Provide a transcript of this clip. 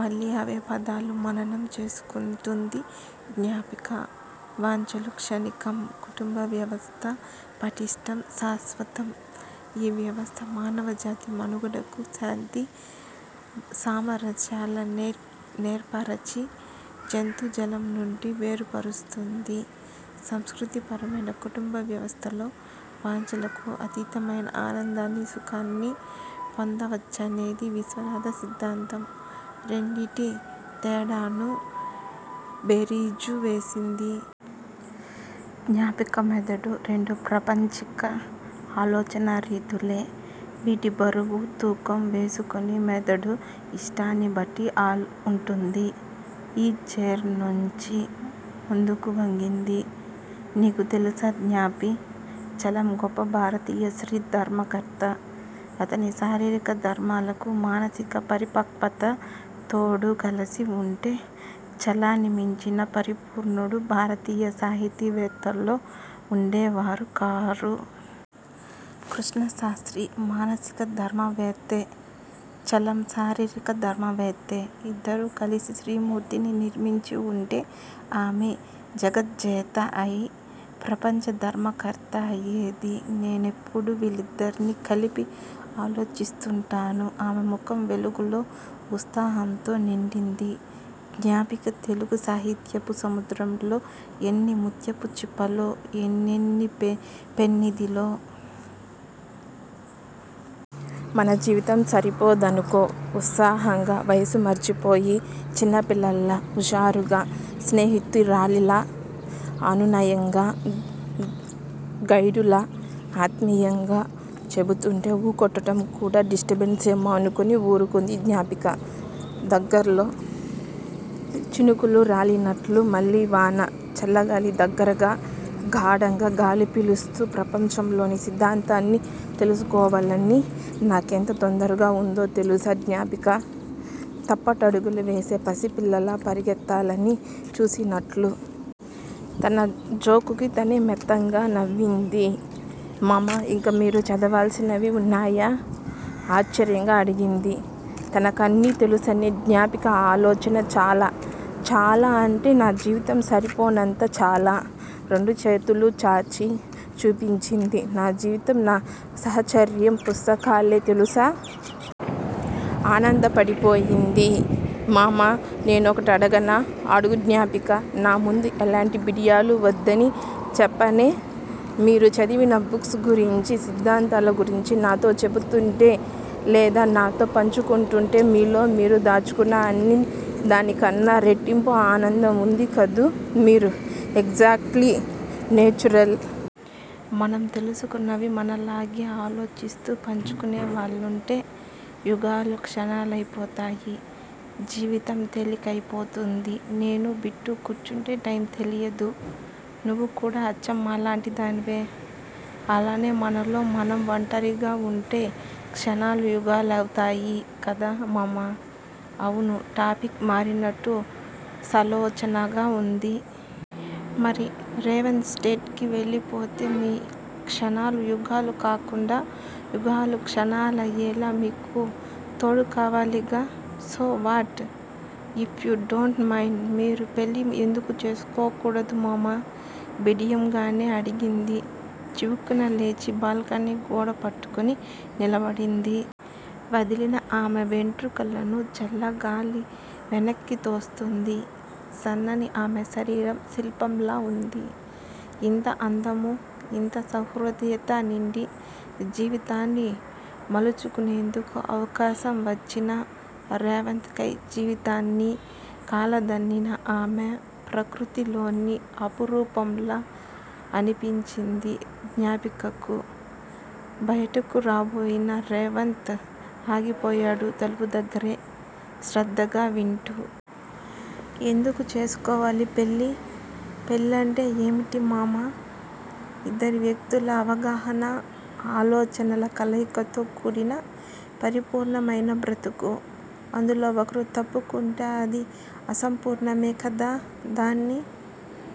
మళ్లీ అవే పదాలు మననం చేసుకుంటుంది జ్ఞాపిక. వాంఛలు క్షణికం! కుటుంబవ్యవస్థ పట్టిష్టం, శాశ్వతం! ఈ వ్యవస్థ మానవజాతి మనుగడకు శాంతి సామరస్యాల నేర్పరచి జంతుజాలం నుండి వేరుపరుస్తుంది. సంస్కృథీ పరమైన కుటుంబవ్యవస్థలో వాంఛలకు అతీతమైన ఆనందాన్నీ, సుఖాన్నీ పొందవచ్చనేది విశ్వనాథ సిద్దాంతం! రెండింటి తేడాను బేరీజు వేసింది. జ్ఞాపిక మెదడు. రెండూ ప్రాపంచిక ఆలోచనారీతులే! వీటి బరువు, తూకం వేసుకుని మెదడు ఇష్టాన్ని బట్టి ఉంటుంది! ఈజ్ చైర్ లోంచి ముందుకువంగింది, నీకు తెలుసా జ్ఞాపీ! చలం గొప్ప భారతీయ స్త్రీ ధర్మకర్త! అతని శారీరకధర్మాలకు మానసిక పరిపక్వత తోడు కలిసి ఉంటే చలాన్ని మించిన పరిపూర్ణుడు భారతీయ సాహితీవేత్తలలో ఉండేవారు కారు! కృష్ణశాస్త్రి మానసిక ధర్మవేత్ చలం శారీరక ధర్మవేత్త! ఇద్దరూ కలిసి స్త్రీమూర్తిని నిర్మించి ఉంటే ఆమె జగజ్జేత అయి ప్రపంచ ధర్మకర్త అయ్యేది. నేనెప్పుడూ వీళ్ళిద్దర్నీ కలిపి ఆలోచిస్తుంటాను ఆమె ముఖం వెలుగుతో ఉత్సాహంతో నిండింది. జ్ఞాపికా తెలుగు సాహిత్యపు సముద్రంలో ఎన్ని ముత్యపుచిప్పలో, ఎన్నెన్ని పెన్నిదిలో! మన జీవితం సరిపొదనుకో! ఉత్సాహంగా, వయసు మరచిపోయి చిన్నపిల్లలా, ఉషారుగా, స్నేహితురాలిలా అనునయంగా, గైడులా, ఆత్మీయంగా చెబుతుంటే ఊకొట్టడం కూడా డిస్టర్బెన్సేమో అనుకుని ఊరుకుంది జ్ఞాపిక. దగ్గరలో చినుకులు రాలినట్లు మళ్లీ వాన, చల్లగాలి దగ్గరగా! గాఢంగా గాలి పీలుస్తూ ప్రపంచంలోని సిద్దాంతాలన్నీ తెలుసేసుకోవాలని నాకెంత తొందరగా ఉంటుందో తెలుసా జ్ఞాపికా- తప్పటడుగులు వేసే పసిపిల్ల పరుగెత్తాలని చూసినట్టు! తన జోక్ కు తనే మెత్తగా నవ్వుకుంది. మమ్మా ఇంకా మీరు చదవాల్సినవి ఉన్నాయా? ఆశ్చర్యంగా అడిగింది. తనకన్నీ తెలుసనే జ్ఞాపిక ఆలోచన! చాలా! ఎంత చాలా అంటే నా జీవితం సరిపోనంత చాలా! రెండుచేతులూ చాచి చూపించింది. నా జీవితం, నా సాహచర్యం పుస్తకాలే తెలుసా? ఆనందపడిపోయింది. మమ్మా నేనొకటడగనా? అడుగు జ్ఞాపికా! నా ముందు ఎలాంటి బిడియాలూ వద్దని చెప్పానే! మీరు చదివిన బుక్స్ గురించీ, సిద్దాంతాలూ గురించీ నాతో చెబుతుంటే, లేదా నాతో పంచుకుంటూంటే మీలో మీరు దాచుకున్న దానికన్నా రెట్టింపు ఆనందంగా ఉంది కదూ మీరు! ఎగ్జాట్లీ! నేచురల్! మనం తెలుసుకున్నవి మనలాగే ఆలోచిస్తూ పంచుకునే వాళ్ళుంటే యుగాలు క్షణాలయిపోతాయి. జీవితం తేలికయిపోతుంది. నేనూ, బిట్టూ కూర్చుంటే టైమ్ తెలీదు. నువ్వు కూడా అచ్చం మాలాటిదానివే! అలానే మనలో మనం ఒంటరిగా ఉంటే- క్షణాలు యుగాలవుతాయి కదా మమ్మా! అవును టాపిక్ మారినట్టు సాలోచనగా అంది. మరి- రేవంత్ స్టేట్ కి వెళ్లిపోతే మీ క్షణాలు యుగాలు కాకుండా, యుగాలు క్షణాలయ్యేలా మీకో తోడు కావాలిగా! So what? If you don't mind మీరు పెళ్ళి ఎందుకు చేసుకోకూడదు మమ్మా! బిడియంగానే అడిగింది. చివుక్కున లేచి బాల్కనీ గోడ పట్టుకుని నిలబడింది. వదిలిన ఆమె వెంట్రుకలను చల్లగాలి వెనక్కితోస్తోంది. సన్నని ఆమె శరీరం శిల్పంలా ఉంది. ఇంత అందమూ, ఇంత సహృదయతా వుండీ జీవితాన్ని మలచుకునేందుకు అవకాశం వచ్చినా రేవంత్ కై జీవితాన్ని కాలదన్నిన ఆమె- ప్రకృతి లోని అపురూపంలా అనిపించింది జ్ఞాపికకు. బయటకు రాబోయిన రేవంత్ ఆగిపోయాడు తలుపు దగ్గరే- శ్రద్దగా వింటూ! ఎందుకు చేసుకోవాలి పెళ్ళి? పెళ్ళంటే ఏవిటి మమ్మా? ఇద్దరి వ్యక్తుల అవగాహన, ఆలోచనల కలయికతో కూడిన పరిపూర్ణమయిన బ్రతుకు! అందులో ఒకరు తప్పుకుంటే అది అసంపూర్ణమే కదా! దాన్ని